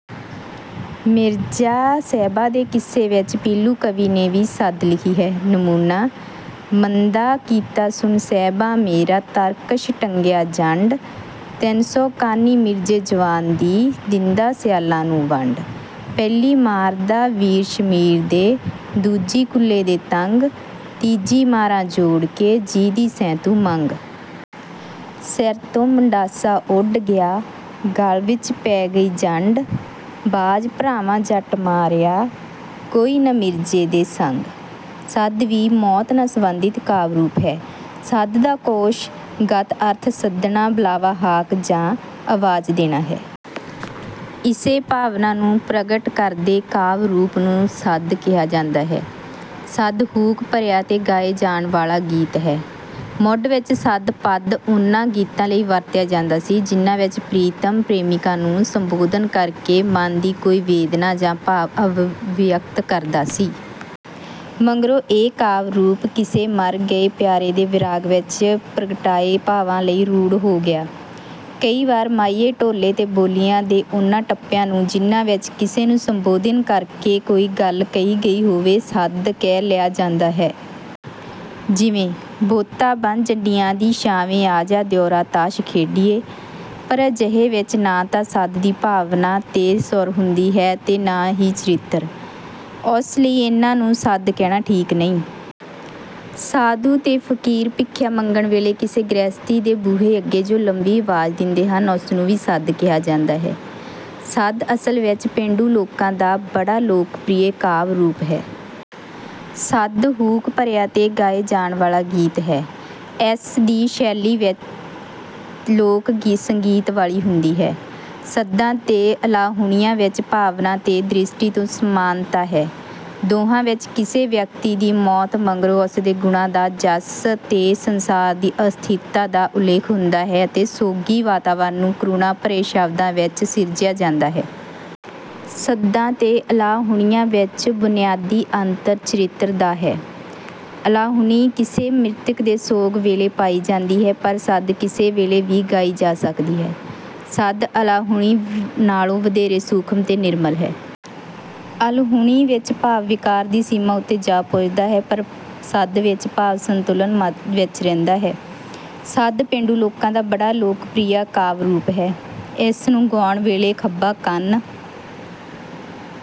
ਮਿਰਜ਼ਾ ਸਾਹਿਬਾਂ ਦੇ ਕਿੱਸੇ ਵਿੱਚ ਪੀਲੂ ਕਵੀ ਨੇ ਵੀ ਸੱਦ ਲਿਖੀ ਹੈ। ਨਮੂਨਾ: ਮੰਦਾ ਕੀਤਾ ਸੁਣ ਸਾਹਿਬਾਂ ਮੇਰਾ ਤਰਕਸ਼ ਟੰਗਿਆ ਜੰਡ। ਤਿੰਨ ਸੌ ਕਾਨੀ ਮਿਰਜ਼ੇ ਜੁਆਨ ਦੀ ਦਿੰਦਾ ਸਿਆਲਾਂ ਨੂੰ ਵੰਡ। ਪਹਿਲੀ ਮਾਰਦਾ ਵੀਰ ਸ਼ਮੀਰ ਦੇ, ਦੂਜੀ ਕੁੱਲੇ ਦੇ ਤੰਗ, ਤੀਜੀ ਮਾਰਾਂ ਜੋੜ ਕੇ ਜਿਹਦੀ ਸੈਂ ਤੂੰ ਮੰਗ। ਸਿਰ ਤੋਂ ਮੁੰਡਾਸਾ ਉੱਡ ਗਿਆ, ਗਲ ਵਿੱਚ ਪੈ ਗਈ ਝੰਡ, ਬਾਝ ਭਰਾਵਾਂ ਜੱਟ ਮਾਰਿਆ ਕੋਈ ਨਾ ਮਿਰਜ਼ੇ ਦੇ ਸੰਗ। ਸੱਦ ਵੀ ਮੌਤ ਨਾਲ਼ ਸੰਬੰਧਿਤ ਕਾਵਿ ਰੂਪ ਹੈ। ਸੱਦ ਦਾ ਕੋਸ਼ ਗਤ ਅਰਥ ਸੱਦਣਾ ਬੁਲਾਵਾ ਹਾਕ ਜਾਂ ਆਵਾਜ਼ ਦੇਣਾ ਹੈ। ਇਸੇ ਭਾਵਨਾ ਨੂੰ ਪ੍ਰਗਟ ਕਰਦੇ ਕਾਵਿ ਰੂਪ ਨੂੰ ਸੱਦ ਕਿਹਾ ਜਾਂਦਾ ਹੈ। ਸੱਦ ਹੂਕ ਭਰਿਆ ਤੇ ਗਾਏ ਜਾਣ ਵਾਲ਼ਾ ਗੀਤ ਹੈ। ਮੁੱਢ ਵਿੱਚ ਸੱਦ ਪਦ ਉਨ੍ਹਾਂ ਗੀਤਾਂ ਲਈ ਵਰਤਿਆ ਜਾਂਦਾ ਸੀ ਜਿਨ੍ਹਾਂ ਵਿੱਚ ਪ੍ਰੀਤਮ ਪ੍ਰੇਮਿਕਾ ਨੂੰ ਸੰਬੋਧਨ ਕਰ ਕੇ ਮਨ ਦੀ ਕੋਈ ਵੇਦਨਾ ਜਾਂ ਭਾਵ ਅਭਿਵਿਅਕਤ ਕਰਦਾ ਸੀ। ਮਗਰੋਂ ਇਹ ਕਾਵਿ ਰੂਪ ਕਿਸੇ ਮਰ ਗਏ ਪਿਆਰੇ ਦੇ ਵੈਰਾਗ ਵਿੱਚ ਪ੍ਰਗਟਾਏ ਭਾਵਾਂ ਲਈ ਰੂੜ੍ਹ ਹੋ ਗਿਆ। ਕਈ ਵਾਰ ਮਾਹੀਏ ਢੋਲੇ ਤੇ ਬੋਲੀਆਂ ਦੇ ਉਨ੍ਹਾਂ ਟੱਪਿਆਂ ਨੂੰ ਜਿਨ੍ਹਾਂ ਵਿੱਚ ਕਿਸੇ ਨੂੰ ਸੰਬੋਧਨ ਕਰ ਕੇ ਕੋਈ ਗੱਲ ਕਹੀ ਗਈ ਹੋਵੇ ਸੱਦ ਕਹਿ ਲਿਆ ਜਾਂਦਾ ਹੈ। ਜਿਵੇਂ: ਬੋਤਾ ਬੰਨ੍ਹ ਜੰਡੀਆਂ ਦੀ ਛਾਵੇਂ ਆ ਜਾ ਦਿਉਰਾ ਤਾਸ਼ ਖੇਡੀਏ। ਪਰ ਅਜਿਹੇ ਵਿੱਚ ਨਾਂ ਤਾਂ ਸੱਦ ਦੀ ਭਾਵਨਾ ਤੇ ਸੁਰ ਹੁੰਦੀ ਹੈ ਅਤੇ ਨਾ ਹੀ ਚਰਿੱਤਰ। ਉਸ ਲਈ ਇਨ੍ਹਾਂ ਨੂੰ ਸੱਦ ਕਹਿਣਾ ਠੀਕ ਨਹੀਂ। ਸਾਧੂ ਤੇ ਫ਼ਕੀਰ ਭਿੱਖਿਆ ਮੰਗਣ ਵੇਲ਼ੇ ਕਿਸੇ ਗ੍ਰਹਿਸਤੀ ਦੇ ਬੂਹੇ ਅੱਗੇ ਜੋ ਲੰਬੀ ਆਵਾਜ਼ ਦਿੰਦੇ ਹਨ ਉਸ ਨੂੰ ਵੀ ਸੱਦ ਕਿਹਾ ਜਾਂਦਾ ਹੈ। ਸੱਦ ਅਸਲ ਵਿੱਚ ਪੇਂਡੂ ਲੋਕਾਂ ਦਾ ਬੜਾ ਲੋਕਪ੍ਰਿਆ ਕਾਵਿ ਰੂਪ ਹੈ। ਸੱਦ ਹੂਕ ਭਰਿਆ ਤੇ ਗਾਏ ਜਾਣ ਵਾਲ਼ਾ ਗੀਤ ਹੈ। ਇਸ ਦੀ ਸ਼ੈਲੀ ਲੋਕ ਸੰਗੀਤ ਵਾਲ਼ੀ ਹੁੰਦੀ ਹੈ। ਸੱਦਾਂ ਤੇ ਅਲਾਹੁਣੀਆਂ ਵਿੱਚ ਭਾਵਨਾ ਤੇ ਦ੍ਰਿਸ਼ਟੀ ਤੋਂ ਸਮਾਨਤਾ ਹੈ। ਦੋਹਾਂ ਵਿੱਚ ਕਿਸੇ ਵਿਅਕਤੀ ਦੀ ਮੌਤ ਮਗਰੋਂ ਉਸ ਦੇ ਗੁਣਾਂ ਦਾ ਜੱਸ ਤੇ ਸੰਸਾਰ ਦੀ ਅਸਥਿਰਤਾ ਦਾ ਉੱਲੇਖ ਹੁੰਦਾ ਹੈ ਅਤੇ ਸੋਗੀ ਵਾਤਾਵਰਨ ਨੂੰ ਕਰੁਣਾ ਭਰੇ ਸ਼ਬਦਾਂ ਵਿੱਚ ਸਿਰਜਿਆ ਜਾਂਦਾ ਹੈ। ਸੱਦ ਤੇ ਅਲਾਹੁਣੀਆਂ ਵਿੱਚ ਬੁਨਿਆਦੀ ਅੰਤਰ ਚਰਿੱਤਰ ਦਾ ਹੈ। ਅਲਾਹੁਣੀ ਕਿਸੇ ਮ੍ਰਿਤਕ ਦੇ ਸੋਗ ਵੇਲ਼ੇ ਪਾਈ ਜਾਂਦੀ ਹੈ ਪਰ ਸੱਦ ਕਿਸੇ ਵੇਲ਼ੇ ਵੀ ਗਾਈ ਜਾ ਸਕਦੀ ਹੈ। ਸੱਦ ਅਲਾਹੁਣੀ ਨਾਲ਼ੋਂ ਵਧੇਰੇ ਸੂਖਮ ਤੇ ਨਿਰਮਲ ਹੈ। ਅਲਾਹੁਣੀ ਵਿੱਚ ਭਾਵ ਵਿਕਾਰ ਦੀ ਸੀਮਾ ਉੱਤੇ ਜਾ ਪੁੱਜਦਾ ਹੈ ਪਰ ਸੱਦ ਵਿੱਚ ਭਾਵ ਸੰਤੁਲਨ ਵਿੱਚ ਰਹਿੰਦਾ ਹੈ। ਸੱਦ ਪੇਂਡੂ ਲੋਕਾਂ ਦਾ ਬੜਾ ਲੋਕਪ੍ਰਿਆ ਕਾਵਿ ਰੂਪ ਹੈ। ਇਸ ਨੂੰ ਗਾਉਣ ਵੇਲ਼ੇ ਖੱਬਾ ਕੰਨ